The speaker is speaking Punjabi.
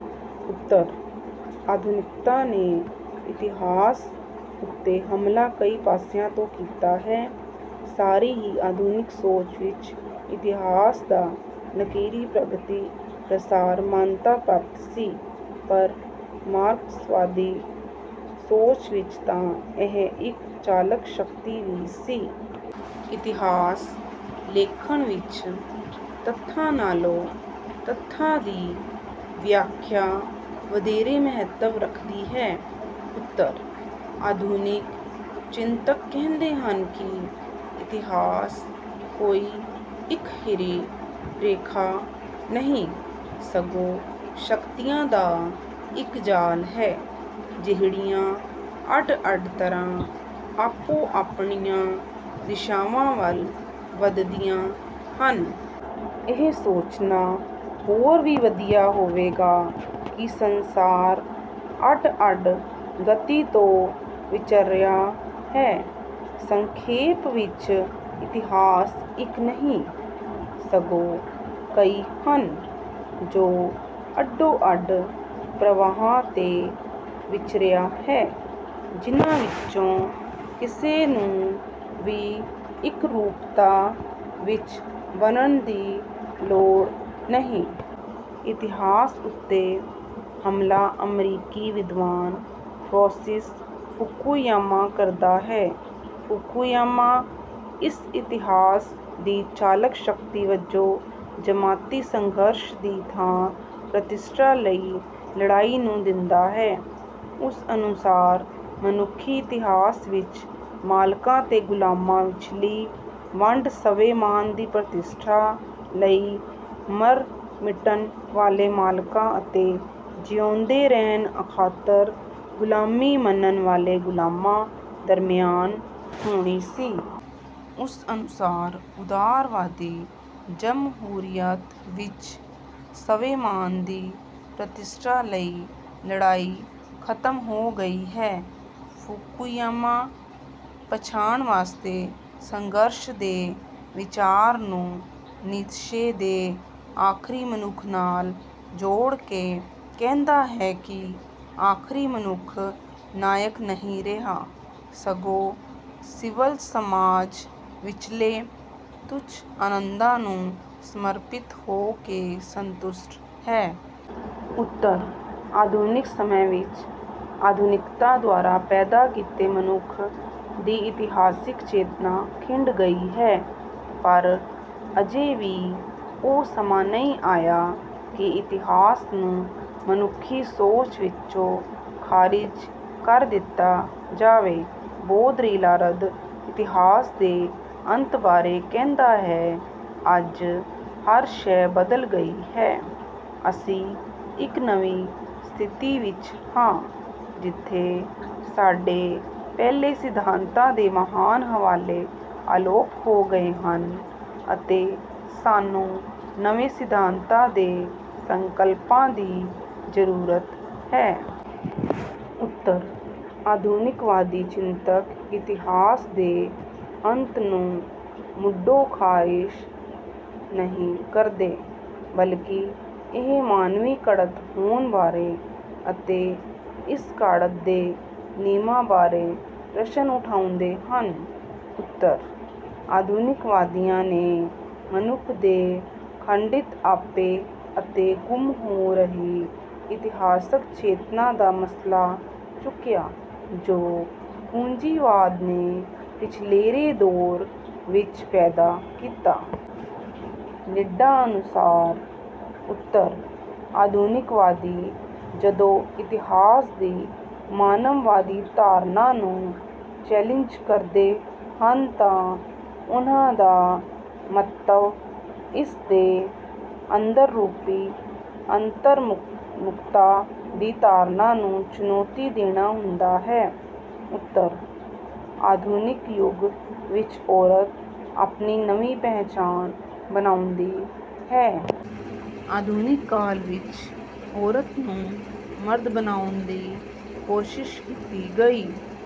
ਉੱਤਰ-ਆਧੁਨਿਕਤਾ ਨੇ ਇਤਿਹਾਸ ਉੱਤੇ ਹਮਲਾ ਕਈ ਪਾਸਿਆਂ ਤੋਂ ਕੀਤਾ ਹੈ। ਸਾਰੀ ਹੀ ਆਧੁਨਿਕ ਸੋਚ ਵਿੱਚ ਇਤਿਹਾਸ ਦਾ ਲਕੀਰੀ ਪ੍ਰਗਤੀ-ਪ੍ਰਸਾਰ ਮਾਨਤਾ ਪ੍ਰਾਪਤ ਸੀ, ਪਰ ਮਾਰਕਸਵਾਦੀ ਸੋਚ ਵਿੱਚ ਤਾਂ ਇਹ ਇੱਕ ਚਾਲਕ ਸ਼ਕਤੀ ਵੀ ਸੀ। ਇਤਿਹਾਸ-ਲੇਖਣ ਵਿੱਚ ਤੱਥਾਂ ਨਾਲੋਂ ਤੱਥਾਂ ਦੀ ਵਿਆਖਿਆ ਵਧੇਰੇ ਮਹੱਤਵ ਰੱਖਦੀ ਹੈ। ਉੱਤਰ-ਆਧੁਨਿਕ ਚਿੰਤਕ ਕਹਿੰਦੇ ਹਨ ਕਿ, “ਇਤਿਹਾਸ ਕੋਈ ਇੱਕਹਿਰੀ ਰੇਖਾ ਨਹੀਂ, ਸਗੋਂ ਸ਼ਕਤੀਆਂ ਦਾ ਇੱਕ ਜਾਲ ਹੈ, ਜਿਹੜੀਆਂ ਅੱਡ-ਅੱਡ ਤਰ੍ਹਾਂ ਆਪੋ-ਆਪਣੀਆਂ ਦਿਸ਼ਾਵਾਂ ਵੱਲ ਵੱਧਦੀਆਂ ਹਨ। ਇਹ ਸੋਚਣਾ ਹੋਰ ਵੀ ਵਧੀਆ ਹੋਵੇਗਾ ਕਿ ਸੰਸਾਰ ਅੱਡ-ਅੱਡ ਗਤੀ ਤੇ ਵਿਚਰਿਆ ਹੈ। ਸੰਖੇਪ ਵਿੱਚ ਇਤਿਹਾਸ ਇੱਕ ਨਹੀਂ, ਸਗੋਂ ਕਈ ਹਨ, ਜੋ ਅੱਡੋ-ਅੱਡ ਪ੍ਰਵਾਹਾਂ ਤੇ ਵਿਚਰਿਆ ਹੈ, ਜਿਨ੍ਹਾਂ ਵਿੱਚੋਂ ਕਿਸੇ ਨੂੰ ਵੀ ਇਕਰੂਪਤਾ ਵਿੱਚ ਬੰਨ੍ਹਣ ਦੀ ਲੋੜ ਨਹੀਂ।” ਇਤਿਹਾਸ ਉੱਤੇ ਹਮਲਾ ਅਮਰੀਕੀ ਵਿਦਵਾਨ ਫ਼ਰਾਂਸਿਸ ਫੁਕੂਯਾਮਾ ਕਰਦਾ ਹੈ। ਫੂਕੂਯਾਮਾ ਇਸ ਇਤਿਹਾਸ ਦੀ ਚਾਲਕ ਸ਼ਕਤੀ ਵਜੋਂ ਜਮਾਤੀ ਸੰਘਰਸ਼ ਦੀ ਥਾਂ ਪ੍ਰਤਿਸ਼ਠਾ ਲਈ ਲੜਾਈ ਨੂੰ ਦਿੰਦਾ ਹੈ। ਉਸ ਅਨੁਸਾਰ ਮਨੁੱਖੀ ਇਤਿਹਾਸ ਵਿੱਚ ਮਾਲਕਾਂ ਤੇ ਗੁਲਾਮਾਂ ਵਿਚਲੀ ਵੰਡ ਸਵੈ-ਮਾਣ ਦੀ ਪ੍ਰਤਿਸ਼ਠਾ ਲਈ ਮਰ-ਮਿਟਣ ਵਾਲੇ ਮਾਲਕਾਂ ਅਤੇ ਜਿਊਂਦੇ ਰਹਿਣ ਖਾਤਰ ਗੁਲਾਮੀ ਮੰਨਣ ਵਾਲੇ ਗੁਲਾਮਾਂ ਦਰਮਿਆਨ ਹੋਣੀ ਸੀ। ਉਸ ਅਨੁਸਾਰ ਉਦਾਰਵਾਦੀ ਜਮਹੂਰੀਅਤ ਵਿੱਚ ਸਵੈ-ਮਾਣ ਦੀ ਪ੍ਰਤਿਸ਼ਠਾ ਲਈ ਲੜਾਈ ਖ਼ਤਮ ਹੋ ਗਈ ਹੈ। ਫੂਕੂਯਾਮਾ ਪਛਾਣ ਵਾਸਤੇ ਸੰਘਰਸ਼ ਦੇ ਵਿਚਾਰ ਨੂੰ ਨੀਤਸ਼ੇ ਦੇ ਆਖ਼ਰੀ ਮਨੁੱਖ ਨਾਲ ਜੋੜ ਕੇ ਕਹਿੰਦਾ ਹੈ ਕਿ, “ਆਖ਼ਰੀ ਮਨੁੱਖ ਨਾਇਕ ਨਹੀਂ ਰਿਹਾ, ਸਗੋਂ ਸਿਵਲ ਸਮਾਜ ਵਿਚਲੇ ਤੁੱਛ ਆਨੰਦਾਂ ਨੂੰ ਸਮਰਪਿਤ ਹੋ ਕੇ ਸੰਤੁਸ਼ਟ ਹੈ।” ਉੱਤਰ-ਆਧੁਨਿਕ ਸਮੇਂ ਵਿੱਚ ਆਧੁਨਿਕਤਾ ਦੁਆਰਾ ਪੈਦਾ ਕੀਤੇ ਮਨੁੱਖ ਦੀ ਇਤਿਹਾਸਿਕ ਚੇਤਨਾ ਖਿੰਡ ਗਈ ਹੈ, ਪਰ ਅਜੇ ਵੀ ਉਹ ਸਮਾਂ ਨਹੀਂ ਆਇਆ ਕਿ ਇਤਿਹਾਸ ਨੂੰ ਮਨੁੱਖੀ ਸੋਚ ਵਿੱਚੋਂ ਖਾਰਿਜ ਕਰ ਦਿੱਤਾ ਜਾਵੇ। ਬੋਦਰੀਲਾਰਦ ਇਤਿਹਾਸ ਦੇ ਅੰਤ ਬਾਰੇ ਕਹਿੰਦਾ ਹੈ, “ਅੱਜ ਹਰ ਸ਼ੈਅ ਬਦਲ ਗਈ ਹੈ, ਅਸੀਂ ਇੱਕ ਨਵੀਂ ਸਥਿਤੀ ਵਿੱਚ ਹਾਂ, ਜਿੱਥੇ ਸਾਡੇ ਪਹਿਲੇ, ਸਿਧਾਂਤਾਂ ਦੇ ਮਹਾਨ ਹਵਾਲੇ ਅਲੋਪ ਹੋ ਗਏ ਹਨ ਅਤੇ ਸਾਨੂੰ ਨਵੇਂ ਸਿਧਾਂਤਾਂ ਤੇ ਸੰਕਲਪਾਂ ਦੀ ਜ਼ਰੂਰਤ ਹੈ।” ਉੱਤਰ-ਆਧੁਨਿਕਵਾਦੀ ਚਿੰਤਕ ਇਤਿਹਾਸ ਦੇ ਅੰਤ ਨੂੰ ਮੁੱਢੋਂ ਖਾਰਿਜ ਨਹੀਂ ਕਰਦੇ, ਬਲਕਿ ਇਹ ਮਾਨਵੀ ਘੜਤ ਹੋਣ ਬਾਰੇ ਅਤੇ ਇਸ ਘਾੜਤ ਦੇ ਨਿਯਮਾਂ ਬਾਰੇ ਪ੍ਰਸ਼ਨ ਉਠਾਉਂਦੇ ਹਨ। ਉੱਤਰ-ਆਧੁਨਿਕਵਾਦੀਆਂ ਨੇ ਮਨੁੱਖ ਦੇ ਖੰਡਿਤ ਆਪੇ ਅਤੇ ਗੁੰਮ ਹੋ ਰਹੀ ਇਤਿਹਾਸਕ ਚੇਤਨਾ ਦਾ ਮਸਲਾ ਚੁੱਕਿਆ, ਜੋ ਪੂੰਜੀਵਾਦ ਨੇ ਪਿਛਲੇਰੇ ਦੌਰ ਵਿੱਚ ਪੈਦਾ ਕੀਤਾ। ਲਿੰਡਾ ਅਨੁਸਾਰ, ਉੱਤਰ-ਆਧੁਨਿਕਵਾਦੀ ਜਦੋਂ ਇਤਿਹਾਸ ਦੀ ਮਾਨਵਵਾਦੀ ਧਾਰਨਾ ਨੂੰ ਚੈਲਿੰਜ ਕਰਦੇ ਹਨ ਤਾਂ ਉਨ੍ਹਾਂ ਦਾ ਮੰਤਵ ਇਸ ਦੇ ਅੰਦਰ ਰੂਪੀ ਅੰਤਰਮੁਖਤਾ ਦੀ ਧਾਰਨਾ ਨੂੰ ਚੁਣੌਤੀ ਦੇਣਾ ਹੁੰਦਾ ਹੈ। ਉੱਤਰ-ਆਧੁਨਿਕ ਯੁੱਗ ਵਿੱਚ ਔਰਤ ਆਪਣੀ ਨਵੀਂ ਪਹਿਚਾਣ ਬਣਾਉਂਦੀ ਹੈ। ਆਧੁਨਿਕ ਕਾਲ ਵਿੱਚ ਔਰਤ ਨੂੰ ਮਰਦ ਬਣਾਉਣ ਦੀ ਕੋਸ਼ਿਸ਼ ਕੀਤੀ ਗਈ।